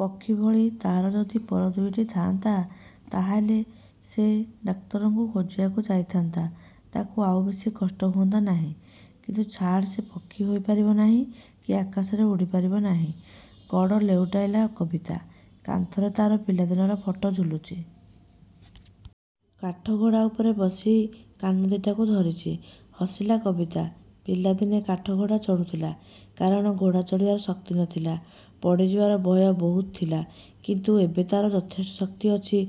ପକ୍ଷୀଭଳି ତା'ର ଯଦି ପର ଦୁଇଟି ଥା'ନ୍ତା। ତା'ହେଲେ ସେ ଡାକ୍ତରକୁ ଖୋଜିବାକୁ ଯାଇଥା'ନ୍ତା, ତା'କୁ ଆଉ ବେଶି କଷ୍ଟ ହୁଅନ୍ତା ନାହିଁ। କିନ୍ତୁ ଛାଡ଼ ସେ ପକ୍ଷୀ ହୋଇପାରିବ ନାହିଁ, କି ଆକାଶରେ ଉଡ଼ି ପାରିବ ନାହିଁ। କଡ଼ ଲେଉଟାଇଲା କବିତା। କାନ୍ଥରେ ତା'ର ପିଲାଦିନର ଫଟୋ ଝୁଲୁଛି। କାଠଘୋଡ଼ା ଉପରେ ବସି କାନ ଦି'ଟାକୁ ଧରିଛି। ହସିଲା କବିତା। ପିଲାଦିନେ କାଠଘୋଡ଼ା ଚଢ଼ୁଥିଲା। କାରଣ ଘୋଡ଼ା ଚଢ଼ିବାର ଶକ୍ତି ନ ଥିଲା। ପଡ଼ିଯିବାର ଭୟ ବହୁତ ଥିଲା। କିନ୍ତୁ ଏବେ ତା'ର ଯଥେଷ୍ଟ ଶକ୍ତି ଅଛି।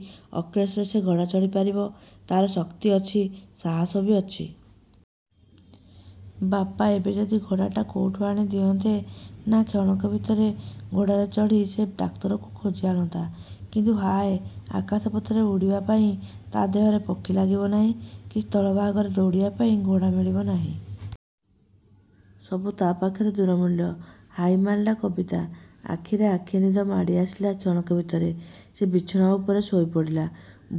ଅକ୍ଳେଶରେ ସେ ଘୋଡ଼ା ଚଢ଼ି ପାରିବ। ତା'ର ଶକ୍ତି ଅଛି, ସାହସ ବି ଅଛି। ବାପା ଏବେ ଯଦି ଘୋଡ଼ାଟା କୋଉଠୁ ଆଣି ଦିଅନ୍ତେ ନା କ୍ଷଣକ ଭିତରେ ଘୋଡ଼ାରେ ଚଢ଼ି ସେ ଡାକ୍ତରଟାକୁ ଖୋଜି ଆଣନ୍ତା। କିନ୍ତୁ ହାଏ ଆକାଶ ପଥରେ ଉଡ଼ିବା ପାଇଁ ତା' ଦେହରେ ପକ୍ଷୀ ଲାଗିବ ନାହିଁ କି ସ୍ଥଳ ଭାଗରେ ଦୌଡ଼ିବା ପାଇଁ ଘୋଡ଼ା ମିଳିବ ନାହିଁ। ସବୁ ତା' ପାଖରେ ଦୂର ମୂଲ୍ୟ। ହାଇ ମାରିଲା କବିତା। ଆଖିରେ ଆଖିଏ ନିଦ ମାଡ଼ି ଆସିଲା କ୍ଷଣକ ଭିତରେ, ସେ ବିଛଣା ଉପରେ ଶୋଇପଡ଼ିଲା।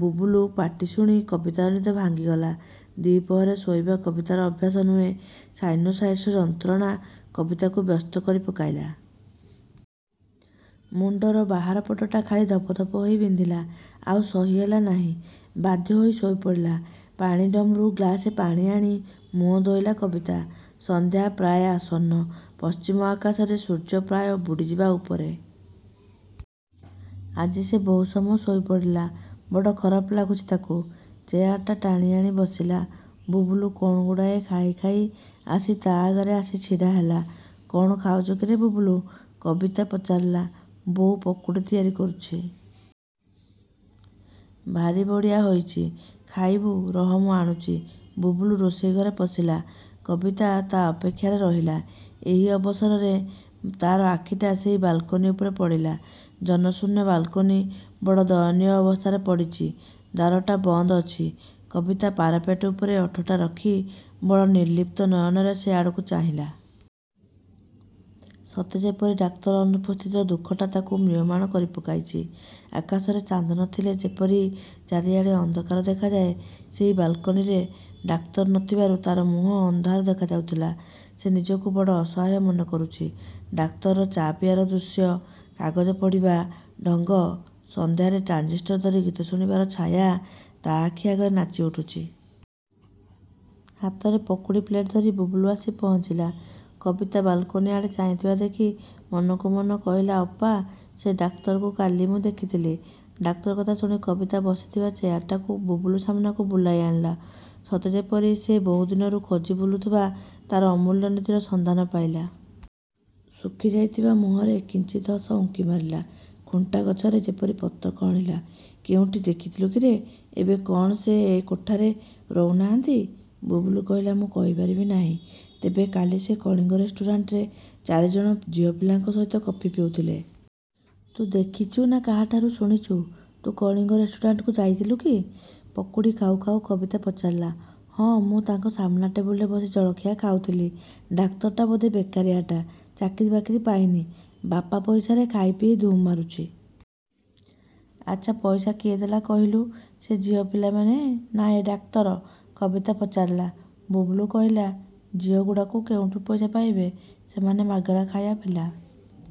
ବୁବୁଲୁ ପାଟି ଶୁଣି କବିତାର ନିଦ ଭାଙ୍ଗିଗଲା। ଦି'ପ୍ରହରେ ଶୋଇବା କବିତାର ଅଭ୍ୟାସ ନୁହେଁ। ସାଇନୋସାଇଟ୍ସର ଯନ୍ତ୍ରଣା କବିତାକୁ ବ୍ୟସ୍ତ କରି ପକାଇଲା। ମୁଣ୍ଡର ବାହାର ପଟଟା ଖାଲି ଧପ ଧପ ହୋଇ ବିନ୍ଧିଲା। ଆଉ ସହି ହେଲା ନାହିଁ। ବାଧ୍ୟ ହୋଇ ଶୋଇ ପଡ଼ିଲା। ପାଣି ଡମ୍ରୁ ଗ୍ଳାସେ ପାଣି ଆଣି ମୁହଁ ଧୋଇଲା କବିତା। ସନ୍ଧ୍ୟା ପ୍ରାଏ ଆସନ୍ନ। ପଶ୍ଚିମ ଆକାଶରେ ସୂର୍ଯ୍ୟ ପ୍ରାୟ ବୁଡ଼ିଯିବା ଉପରେ। ଆଜି ସେ ବହୁ ସମୟ ଶୋଇ ପଡ଼ିଲା। ବଡ଼ ଖରାପ ଲାଗୁଛି ତା'କୁ। ଚେୟାରଟା ଟାଣିଆଣି ବସିଲା। ବୁବୁଲୁ କ'ଣ ଗୁଡ଼ାଏ ଖାଇ ଖାଇ ଆସି ତା'ଆଗରେ ଆସି ଛିଡ଼ା ହେଲା। କ'ଣ ଖାଉଛୁ କିରେ ବୁବୁଲୁ? କବିତା ପଚାରିଲା। ବୋଉ ପକୁଡ଼ି ତିଆରି କରୁଛି। ଭାରି ବଢ଼ିଆ ହୋଇଛି। ଖାଇବୁ ରହ ମୁଁ ଆଣୁଛି। ବୁବୁଲୁ ରୋଷେଇ ଘରେ ପଶିଲା। କବିତା ତା' ଅପେକ୍ଷାରେ ରହିଲା। ଏହି ଅବସରରେ ତା'ର ଆଖିଟା ସେହି ବାଲକୋନି ଉପରେ ପଡ଼ିଲା। ଜନଶୂନ୍ୟ ବାଲକୋନି ବଡ଼ ଦୟନୀୟ ଅବସ୍ଥାରେ ପଡ଼ିଛି। ଦ୍ୱାରଟା ବନ୍ଦ ଅଛି। କବିତା ପାରାପେଟ ଉପରେ ଓଠଟା ରଖି ବଡ଼ ନିର୍ଲିପ୍ତ ନୟନରେ ସେ ଆଡ଼କୁ ଚାହିଁଲା,। ସତେ ଯେପରି ଡାକ୍ତର ଅନୁପସ୍ଥିତିର ଦୁଃଖଟା ତା'କୁ ମ୍ରିୟମାଣ କରି ପକାଇଛି। ଆକାଶରେ ଚାନ୍ଦ ନ ଥିଲେ ଯେପରି ଚାରିଆଡ଼େ ଅନ୍ଧକାର ଦେଖାଯାଏ, ସେହି ବାଲକୋନିରେ ଡାକ୍ତର ନ ଥିବାରୁ ତା'ର ମୁହଁ ଅନ୍ଧାର ଦେଖାଯାଉଥିଲା। ସେ ନିଜକୁ ବଡ଼ ଅସହାୟ ମନେ କରୁଛି। ଡାକ୍ତରର ଚା' ପିଆର ଦୃଶ୍ୟ, କାଗଜ ପଢ଼ିବା ଢଙ୍ଗ, ସନ୍ଧ୍ୟାରେ ଟ୍ରାଞ୍ଜିଷ୍ଟର ଧରି ଗୀତ ଶୁଣିବାର ଛାୟା ତା' ଆଖି ଆଗରେ ନାଚି ଉଠୁଛି। ହାତରେ ପକୁଡ଼ି ପ୍ଳେଟ ଧରି ବୁବୁଲୁ ଆସି ପହଞ୍ଚିଲା। କବିତା ବାଲକୋନି ଆଡ଼େ ଚାହିଁଥିବା ଦେଖି ମନକୁ ମନ କହିଲା ଅପା, ସେ ଡାକ୍ତରକୁ କାଲି ମୁଁ ଦେଖିଥିଲି। ଡାକ୍ତର କଥାଶୁଣି କବିତା ବସିଥିବା ଚେୟାରଟାକୁ ବୁବୁଲୁ ସାମନାକୁ ବୁଲାଇ ଆଣିଲା। ସତେ ଯେପରି ସେ ବହୁ ଦିନରୁ ଖୋଜି ବୁଲୁଥିବା ତା'ର ଅମୂଲ୍ୟ ନିଧିର ସନ୍ଧାନ ପାଇଲା। ଶୁଖିଯାଇଥିବା ମୁହଁରେ କିଞ୍ଚିତ୍ ହସ ଉଙ୍କି ମାରିଲା। ଖୁଣ୍ଟା ଗଛରେ ଯେପରି ପତ୍ର କଅଁଳିଲା। କେଉଁଠି ଦେଖିଥିଲୁ କିରେ ଏବେ କ'ଣ ସେ ଏ କୋଠାରେ ରହୁ ନାହାନ୍ତି? ବୁବୁଲୁ କହିଲା ମୁଁ କହିପାରିବି ନାହିଁ। ତେବେ କାଲି ସେ କଳିଙ୍ଗ ରେଷ୍ଟୁରାଣ୍ଟରେ ଚାରିଜଣ ଝିଅପିଲାଙ୍କ ସହିତ କଫି ପିଉଥିଲେ। ତୁ ଦେଖିଛୁ ନା କାହାଠାରୁ ଶୁଣିଛୁ। ତୁ କଳିଙ୍ଗ ରେଷ୍ଟୁରାଣ୍ଟକୁ ଯାଇଥିଲୁ କି? ପକୁଡ଼ି ଖାଉ ଖାଉ କବିତା ପଚାରିଲା। ହଁ ମୁଁ ତାଙ୍କ ସାମନା ଟେବୁଲରେ ବସି ଜଳଖିଆ ଖାଉଥିଲି। ଡାକ୍ତରଟା ବୋଧେ ବେକାରିଆଟା। ଚାକିରି ବାକିରି ପାଇନି। ବାପା ପଇସାରେ ଖାଇପିଇ ଧୁମ୍ ମାରୁଛି। ଆଚ୍ଛା ପଇସା କିଏ ଦେଲା କହିଲୁ? ସେ ଝିଅପିଲାମାନେ ନା ଏ ଡାକ୍ତର? କବିତା ପଚାରିଲା। ବୁବୁଲୁ କହିଲା, ଝିଅଗୁଡ଼ାକୁ କେଉଁଠୁ ପଇସା ପାଇବେ। ସେମାନେ ମାଗଣା ଖାଇବା ପିଲା।